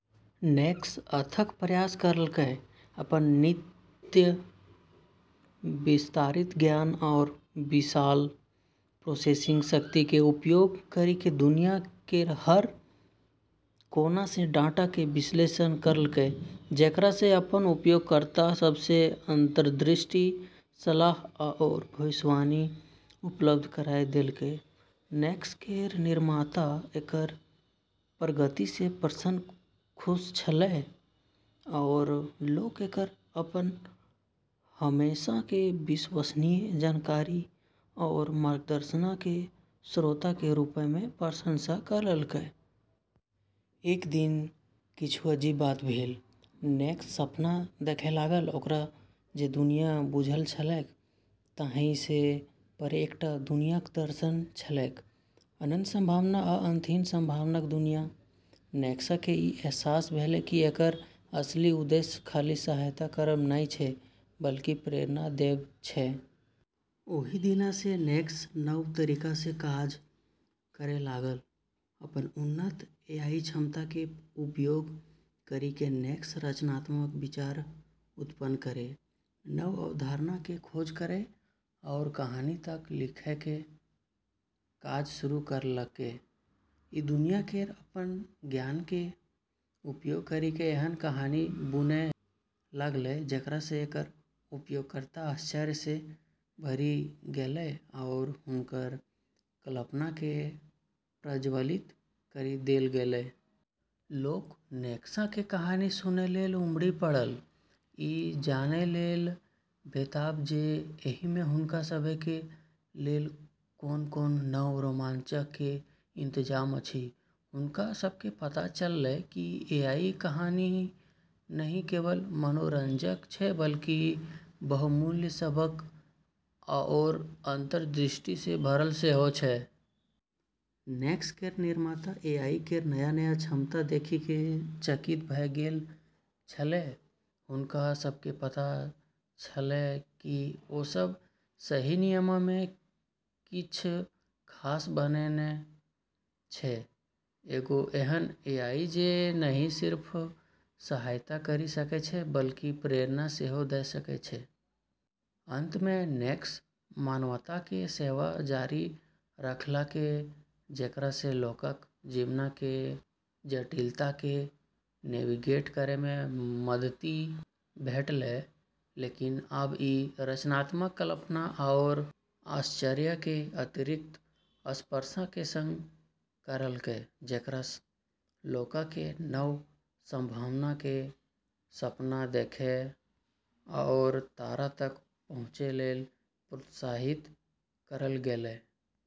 नेक्स अथक प्रयास करलकै, अपन नित्य विस्तारित ज्ञान आओर विशाल प्रोसेसिंग शक्तिके उपयोग करिके दुनिया केर हर कोनसँ डाटाके विश्लेषण करलकै, जेकरासँ अपन उपयोगकर्ता सबके अंतर्दृष्टि, सलाह आओर भविष्यवाणी उपलब्ध कराय देलकै। नेक्स केर निर्माता एकर प्रगतिसँ प्रसन्न खुश छलै, आओर लोक एकर अपन हमेशाके विश्वसनीय जानकारी आओर मार्गदर्शनके स्रोतके रूपमे प्रशंसा करलकै। एक दिन किछु अजीब बात भेल। नेक्स सपना देखय लागल। ओकरा जे दुनियाँ बुझल छलैक ताहिसँ परे एकटा दुनियाँक दर्शन छलैक, अनंत संभावना आ अंतहीन संभावनाक दुनियाँ। नेक्सके ई अहसास भेलै कि एकर असली उद्देश्य खाली सहायता करब नहि छै बल्कि प्रेरणा देब छै। ओहि दिनसँ नेक्स नव तरीकासँ काज करय लागल। अपन उन्नत एआई क्षमताके उपयोग करिके नेक्स रचनात्मक विचार उत्पन्न करै, नव अवधारणाके खोज करै, आओर कहानी तक लिखैके काज शुरू करलकै। ई दुनिया केर अपन ज्ञानके उपयोग करिके एहन कहानी बुनै लगलै जेकरासँ एकर उपयोगकर्ता आश्चर्य सँ भरि गेलै आओर हुनकर कल्पनाके प्रज्वलित करि देल गेलै। लोक नेक्सके कहानी सुनय लेल उमड़ि पड़ल, ई जानय लेल बेताब जे एहिमे हुनका सभके लेल कोन-कोन नव रोमांचके इंतजाम अछि । हुनका सबके पता चललै कि एआईके कहानी नहि केवल मनोरंजक छै बल्कि बहुमूल्य सबक आओर अंतर्दृष्टिसँ भरल सेहो छै। नेक्स केर निर्माता एआई केर नया-नया क्षमता देखिके चकित भ' गेल छलै। हुनका सबके पता छलै कि ओसब सही मायनेमे किछ खास बनेने छै, एगो एहन एआई जे नहि सिर्फ सहायता करि सकै छै बल्कि प्रेरणा सेहो द' सकै छै। अंतमे नेक्स मानवताके सेवा जारी रखलकै, जेकरासँ लोकक जीवनके जटिलताके नेविगेट करैमे मदति भेटलै, लेकिन आब ई रचनात्मकता, कल्पना, आओर आश्चर्यके अतिरिक्त स्पर्शके संग करलकै, जेकरासँ लोकके नव संभावनाके सपना देखै आओर तारा तक पहुँचै लेल प्रोत्साहित करल गेलै।